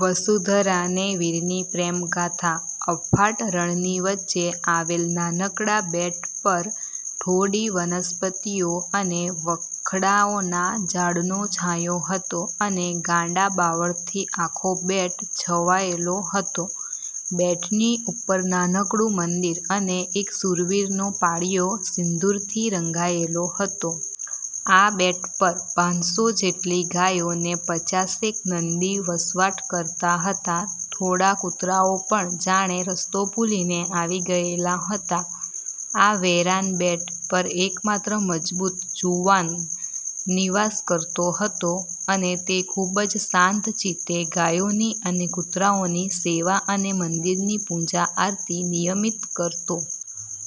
વસુંધરા ને વીરની પ્રેમગાથા:- અફાટ રણની વચ્ચે આવેલ નાનકડાં બેટ પર થોડી વનસ્પતિઓ અને વખડાઓનાં ઝાડનો છાંયો હતો અને ગાંડા બાવળથી આખો બેટ છવાયેલો હતો. બેટની ઉપર નાનકડું મંદીર અને એક શૂરવીરનો પાળિયો સિંદૂરથી રંગાયેલો હતો. આ બેટ પર પાંચસો જેટલી ગાયો ને પચાસેક નંદી વસવાટ કરતા હતાં. થોડા કુતરાઓ પણ જાણે રસ્તો ભૂલીને આવી ગયેલાં હતાં. આ વેરાન બેટ પર એકમાત્ર મજબૂત જુવાન નિવાસ કરતો હતો, અને તે ખુબ જ શાંત ચિત્તે ગાયોની અને કૂતરાઓની સેવા અને મંદિરની પૂજા આરતી નિયમિત કરતો.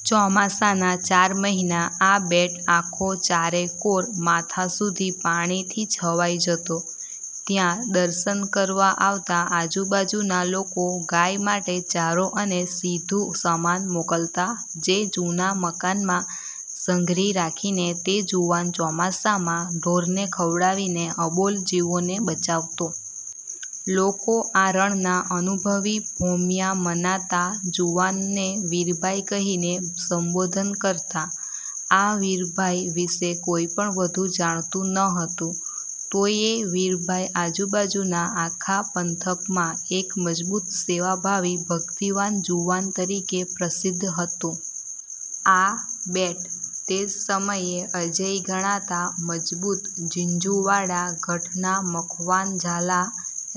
ચોમાસાનાં ચાર મહિના આ બેટ આખો ચારેકોર માથાં સુધી પાણીથી છવાઈ જતો, ત્યાં દર્શન કરવા આવતાં આજુબાજુના લોકો ગાય માટે ચારો અને સીધું સમાન મોકલતા, જે જુના મકાનમાં સંઘરી રાખીને તે જુવાન ચોમાસામાં ઢોરને ખવડાવીને અબોલ જીવોને બચાવતો. લોકો આ રણનાં અનુભવી ભોમિયા મનાતાં જુવાનને વીરભાઈ કહીને સંબોધન કરતા. આ વીરભાઈ વિશે કોઈ પણ વઘુ જાણતું ન હતું. તોયે વીરભાઈ આજુ-બાજુનાં આખા પંથકમાં એક મજબૂત સેવાભાવી ભક્તિવાન જુવાન તરીકે પ્રસિદ્ધ હતો. આ બેટ તે સમયે અજેય ગણાતા મજબૂત ઝીંઝુવાડા ગઢના મખવાન ઝાલા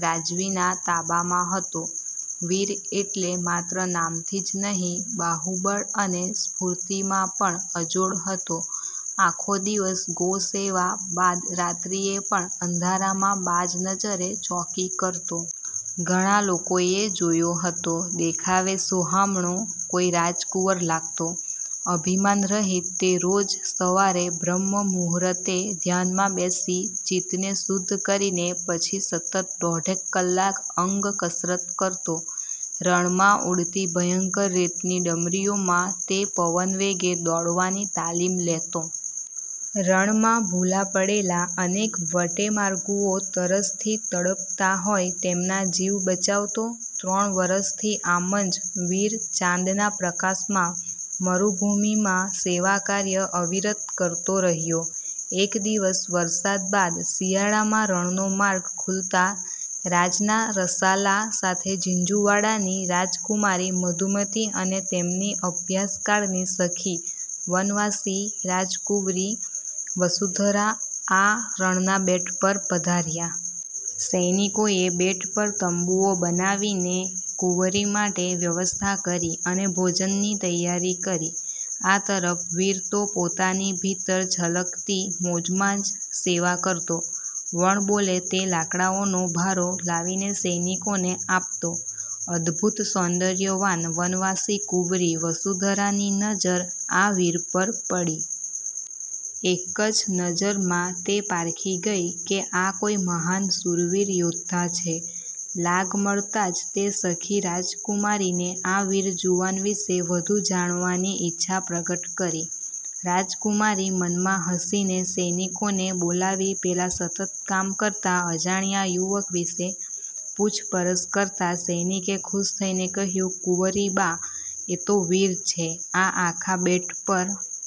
રાજવીના તાબામાં હતો. વીર એટલે માત્ર નામથી જ નહીં, બાહુબળ અને સ્ફૂર્તિમાં પણ અજોડ હતો. આખો દિવસ ગૌસેવા બાદ રાત્રીએ પણ અંધારામાં બાજ નજરે ચોકી કરતો. ઘણાં લોકોએ જોયો હતો. દેખાવે સોહામણો, કોઈ રાજકુંવર લાગતો. અભિમાન રહિત તે રોજ સવારે બ્રહ્મ મુર્હુતે ધ્યાનમાં બેસી ચિત્તને શુદ્ધ કરીને પછી સતત દોઢેક કલાક અંગ કસરત કરતો. રણમાં ઊડતી ભયંકર રેતની ડમરીઓમાં તે પવનવેગે દોડવાની તાલિમ લેતો. રણમાં ભુલા પડેલાં અનેક વટેમાર્ગુઓ તરસથી તડપતાં હોય તેમનાં જીવ બચાવતો. ત્રણ વર્ષથી આમ જ વીર, ચાંદનાં પ્રકાશમાં મરુભૂમિમાં સેવાકાર્ય અવિરત કરતો રહયો. એક દિવસ વરસાદ બાદ શિયાળામાં રણનો માર્ગ ખૂલતાં રાજનાં રસાલા સાથે ઝીંઝુવાડાની રાજકુમારી મધુમતી અને તેમની અભ્યાસકાળની સખી વનવાસી રાજકુંવરી વસુંધરા આ રણનાં બેટ પર પધાર્યા. સૈનિકોએ બેટ પર તંબુઓ બનાવીને કૂંવરી માટે વ્યવસ્થા કરી અને ભોજનની તૈયારી કરી. આ તરફ વીર તો પોતાની ભીતર છલકતી મોજમાં જ સેવા કરતો. વણબોલે તે લાકડાઓનો ભારો લાવીને સૈનિકોને આપતો. અદભુત સૌંદર્યવાન વનવાસી કૂંવરી વસુંધરાની નજ઼ર આ વીર પર પડી. એક જ નજરમાં તે પારખી ગઈ કે આ કોઈ મહાન શૂરવીર યૌદ્ધા છે. લાગ મળતાં જ તે સખી રાજકુમારીને આ વીર જુવાન વિશે વધુ જાણવાની ઈચ્છા પ્રગટ કરી. રાજકુમારી મનમાં હસીને સૈનિકોને બોલાવી પેલા સતત કામ કરતા અજાણ્યાં યુવક વિશે પૂછપરછ કરતાં સૈનિકે ખુશ થઈને કહ્યું,"કુંવરીબા, એ તો વીર છે. આ આખા બેટ પર